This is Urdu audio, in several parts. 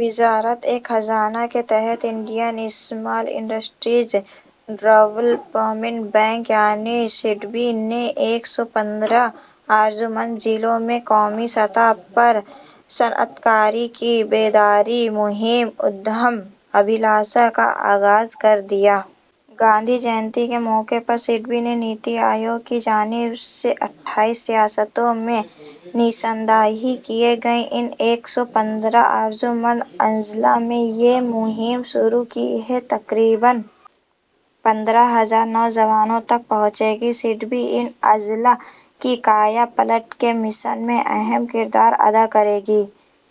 وزارت خزانہ کے تحت Indian small industries development bank یعنی سڈبی نے ایک سو پندرہ آرزومند ضلعوں میں قومی سطح پر صنعت کاری کی بیداری مہم ادیم ابھیلاشا کا آغاز کر دیا ہے گاندھی جے نتی کے موقع پر سڈبی نے نیتی آیوگ کی جانب سے اٹھائیس ریاستوں میں نشاندہی کیے گئے ان ایک سو پندرہ آرزومند اضلاع میں یہ مہم شروع کی ہے جو تقریباً پندرہ ہزار نوجوانوں تک پہنچے گی سڈبی ان اضلاع کی کایا پلٹ کے مشن میں اہم کردار ادا کرے گا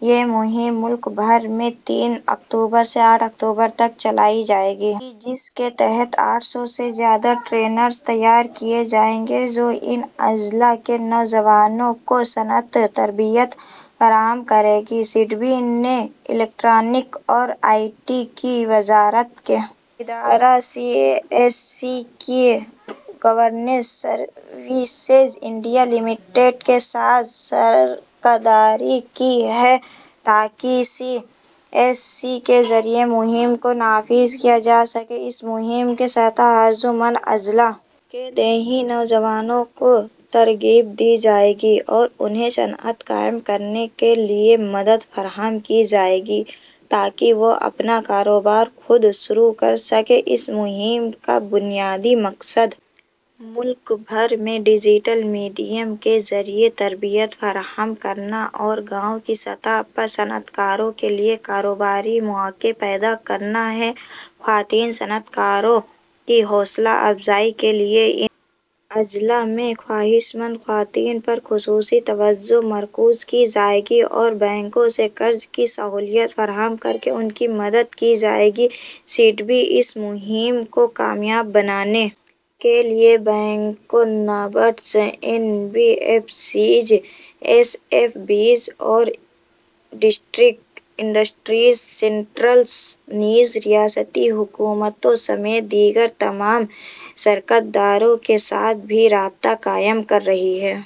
یہ مہم ملک بھر میں تین اکتوبر سے آٹھ اکتوبر تک چلائی جائے گی جس کے تحت آٹھ سو سے زیادہ ٹرینرز تیار کیے جائیں گے جو ان اضلاع کے نوجوانوں کو صنعتی تربیت فراہم کریں گے سڈبی نے الیکٹرونکس اور آئی ٹی کی وزارت کے ادارے C S C e governance services India limited کے ساتھ شراکت داری کی ہے تاکہ سی ایس سی کے ذریعے مہم کو نافذ کیا جا سکے اس مہم کے تحت آرزومند اضلاع کے دیہی نوجوانوں کو ترغیب دی جائے گی اور انہیں صنعت قائم کرنے کے لیے مدد فراہم کی جائے گی تاکہ وہ اپنا کاروبار خود شروع کر سکیں اس مہم کا بنیادی مقصد ملک بھر میں ڈیجیٹل میڈیم کے ذریعے تربیت فراہم کرنا اور گاؤں کی سطح پر صنعت کاروں کے لیے کاروباری مواقع پیدا کرنا ہے خواتین صنعت کاروں کی حوصلہ افزائی کے لیے ان اضلاع میں خواہش مند خواتین پر خصوصی توجہ مرکوز کی جائے گی اور بینکوں سے قرض کی سہولت فراہم کر کے ان کی مدد کی جائے گی سڈبی اس مہم کو کامیاب بنانے کے لیے بینکوں NABARD N B F Cs S F Bs اور ڈسٹرکٹ انڈسٹریز سینٹرز نیز ریاستی حکومتوں سمیت دیگر تمام شراکت داروں کے ساتھ بھی رابطہ قائم کر رہی ہے